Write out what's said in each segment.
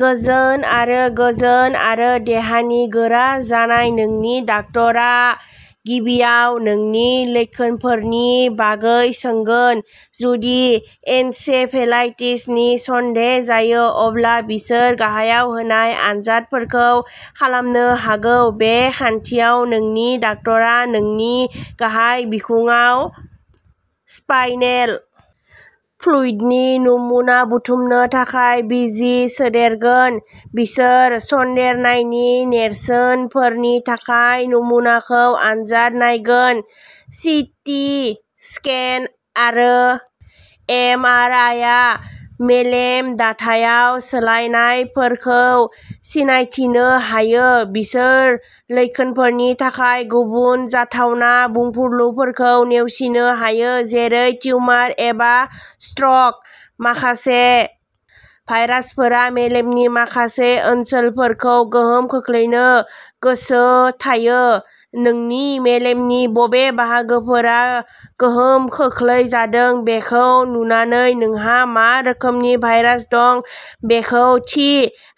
गोजोन आरो गोजोन आरो देहानि गोरा जानाय नोंनि डाक्टारआ गिबियाव नोंनि लैखोनफोरनि बागै सोंगोन जुदि एन्सेफेलाइटिसनि सन्देह जायो अब्ला बिसोर गाहायाव होनाय आनजादफोरखौ खालामनो हागौ बे खान्थियाव नोंनि डाक्टारआ नोंनि गाहाय बिखुंआव स्पाइनेल फ्लुइडनि नमुना बुथुमनो थाखाय बिजि सोदेरगोन बिसोर सन्देरनायनि नेरसोनफोरनि थाखाय नमुनाखौ आनजाद नायगोन सिटि स्केन आरो एमआरआइआ मेलेम दाथायाव सोलायनायफोरखौ सिनायथिनो हायो बिसोर लैखोनफोरनि थाखाय गुबुन जाथावना बुंफुरलुफोरखौ नेवसिनो हायो जेरै टिउमार एबा स्ट्रक माखासे भाइरासफोरा मेलेमनि माखासे ओनसोलफोरखौ गोहोम खोख्लैनो गोसो थायो नोंनि मेलेमनि बबे बाहागोफोरा गोहोम खोख्लैजादों बेखौ नुनानै नोंहा मा रोखोमनि भाइरास दं बेखौ थि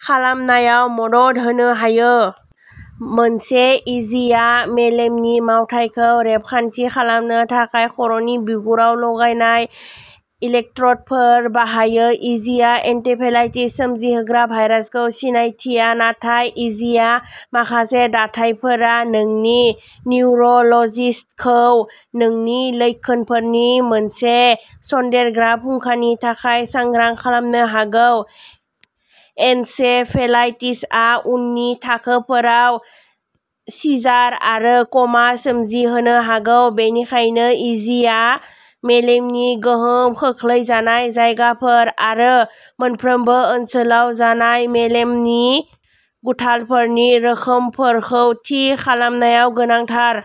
खालामनायाव मदद मोननो हायो। मोनसे इइजिआ मेलेमनि मावथायखौ रेबगान्थि खालामनो थाखाय खर'नि बिगुराव लागायनाय इलेक्ट्र'डफोर बाहायो इइजिआ एन्सेफेलाइटिस सोमजिहोग्रा भाइरासखौ सिनायथिया नाथाय इइजिआव माखासे दाथायफोरा नोंनि निउर'ल'जिस्टखौ नोंनि लैखोनफोरनि मोनसे सनदेरग्रा फुंखानि थाखाय सांग्रां खालामनो हागौ एन्सेफेलाइटिसआ उननि थाखोफोराव सिजार आरो क'मा सोमजिहोनो हागौ बेनिखायनो इइजिआ मेलेमनि गोहोम खोख्लैजानाय जायगाफोर आरो मोनफ्रोम ओनसोलाव जानाय मेलेमनि गुथालफोरनि रोखोमफोरखौ थि खालामनायाव गोनांथार।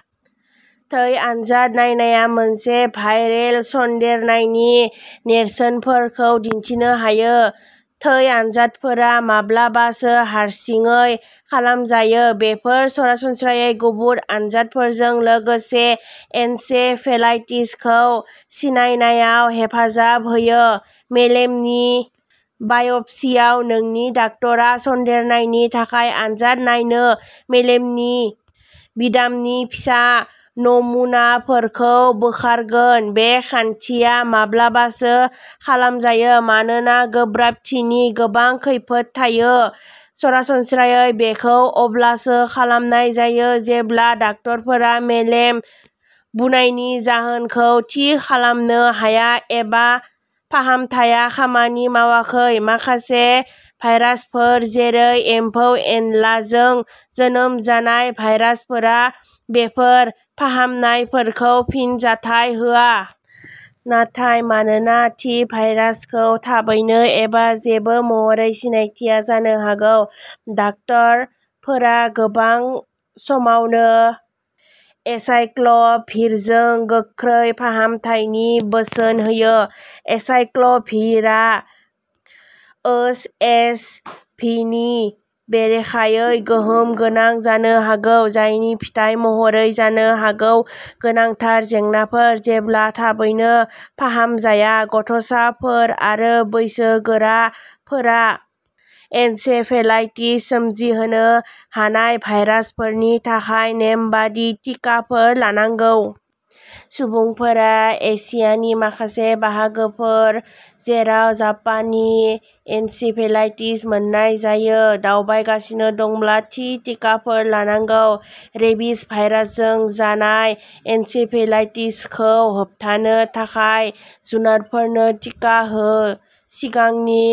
थै आनजाद नायनाया मोनसे भाइरेल सन्देरनायनि नेरसोनफोरखौ दिन्थिनो हायो थै आनजादफोरा माब्लाबासो हारसिङै खालामजायो बेफोर सरासनस्रायै गुबुन आनजादफोरजों लोगोसे एन्सेफेलाइटिसखौ सिनायनायाव हेफाजाब होयो मेलेमनि बायपसीयाव नोंनि डाक्टारआ सन्देरनायनि थाखाय आनजाद नायनो मेलेमनि बिदामनि फिसा नमुनाफोरखौ बोखारगोन बे खान्थिया माब्लाबासो खालामजायो मानोना गोब्राबथिनि गोबां खैफोद थायो सरासनस्रायै बेखौ अब्लासो खालामनाय जायो जेब्ला डाक्टारफोरा मेलेम बुनायनि जाहोनखौ थि खालामनो हाया एबा फाहामथाया खामानि मावाखै माखासे भाइरासफोर जेरै एम्फौ-एनलाजों जोनोम जानाय भाइरासफोरा बेफोर फाहामनायफोरखौ फिनजाथाय होआ। नाथाय मानोना थि भाइरासखौ थाबैनो एबा जेबो महरै सिनायथिया जानो हागौ डाक्टारफोरा गोबां समावनो एसाइक्ल'भिरजों गोख्रै फाहामथायनि बोसोन होयो। एसाइक्ल'भिरआ ओस एस भि नि बेरेखायै गोहोमगोनां जानो हागौ जायनि फिथाय महरै जानो हागौ गोनांथार जेंनाफोर जेब्ला थाबैनो फाहामजाया गथ'साफोर आरो बैसोगोराफोरा एन्सेफेलाइटिस सोमजिहोनो हानाय भाइरासफोरनि थाखाय नेमबादि टिकाफोर लानांगौ। सुबुंफोरा एसियानि माखासे बाहागोफोर जेराव जापानी एन्सेफेलाइटिस मोननाय जायो दावबायगासिनो दंब्ला थि टिकाफोर लानांगौ रेबिस भाइरासजों जानाय एन्सेफेलाइटिसखौ होबथानो थाखाय जुनारफोरनो टिका हो सिगांनि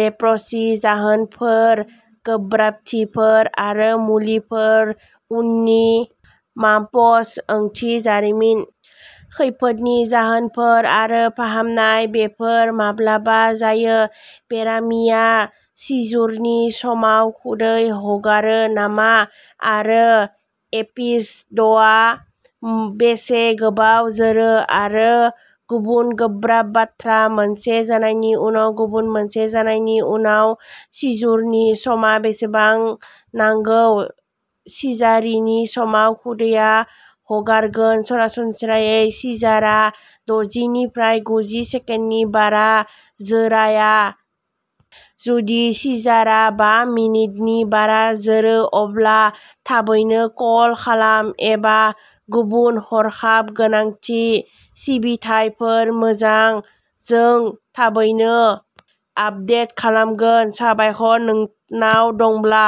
लेप्रसि जाहोनफोर गोब्राबथिफोर आरो मुलिफोर उननि माम्प्स ओंथि जारिमिन खैफोदनि जाहोनफोर आरो फाहामनाय बेफोर माब्ला जायो बेरामिया सिजुरनि समाव खुदै हगारो नामा आरो एपिस'डआ बेसे गोबाव जोरो आरो गुबुन गोब्राब बाथ्रा मोनसे जानायनि उनाव गुबुन मोनसे जानायनि उनाव सिजुरनि समा बेसेबां नंगौ सिजारिनि समाव खुदैया हगारगोन सरासनस्रायै सिजारा दजि निफ्राय गुजि सेकेन्डनि बारा जोराया जुदि सिजारा बा मिनिटनि बारा जोरो अब्ला थाबैनो कल खालाम एबा गुबुन हरखाब गोनांथि सिबिथायफोर मोजां जों थाबैनो आपडेट खालामगोन साबायखर नोंनाव दंब्ला।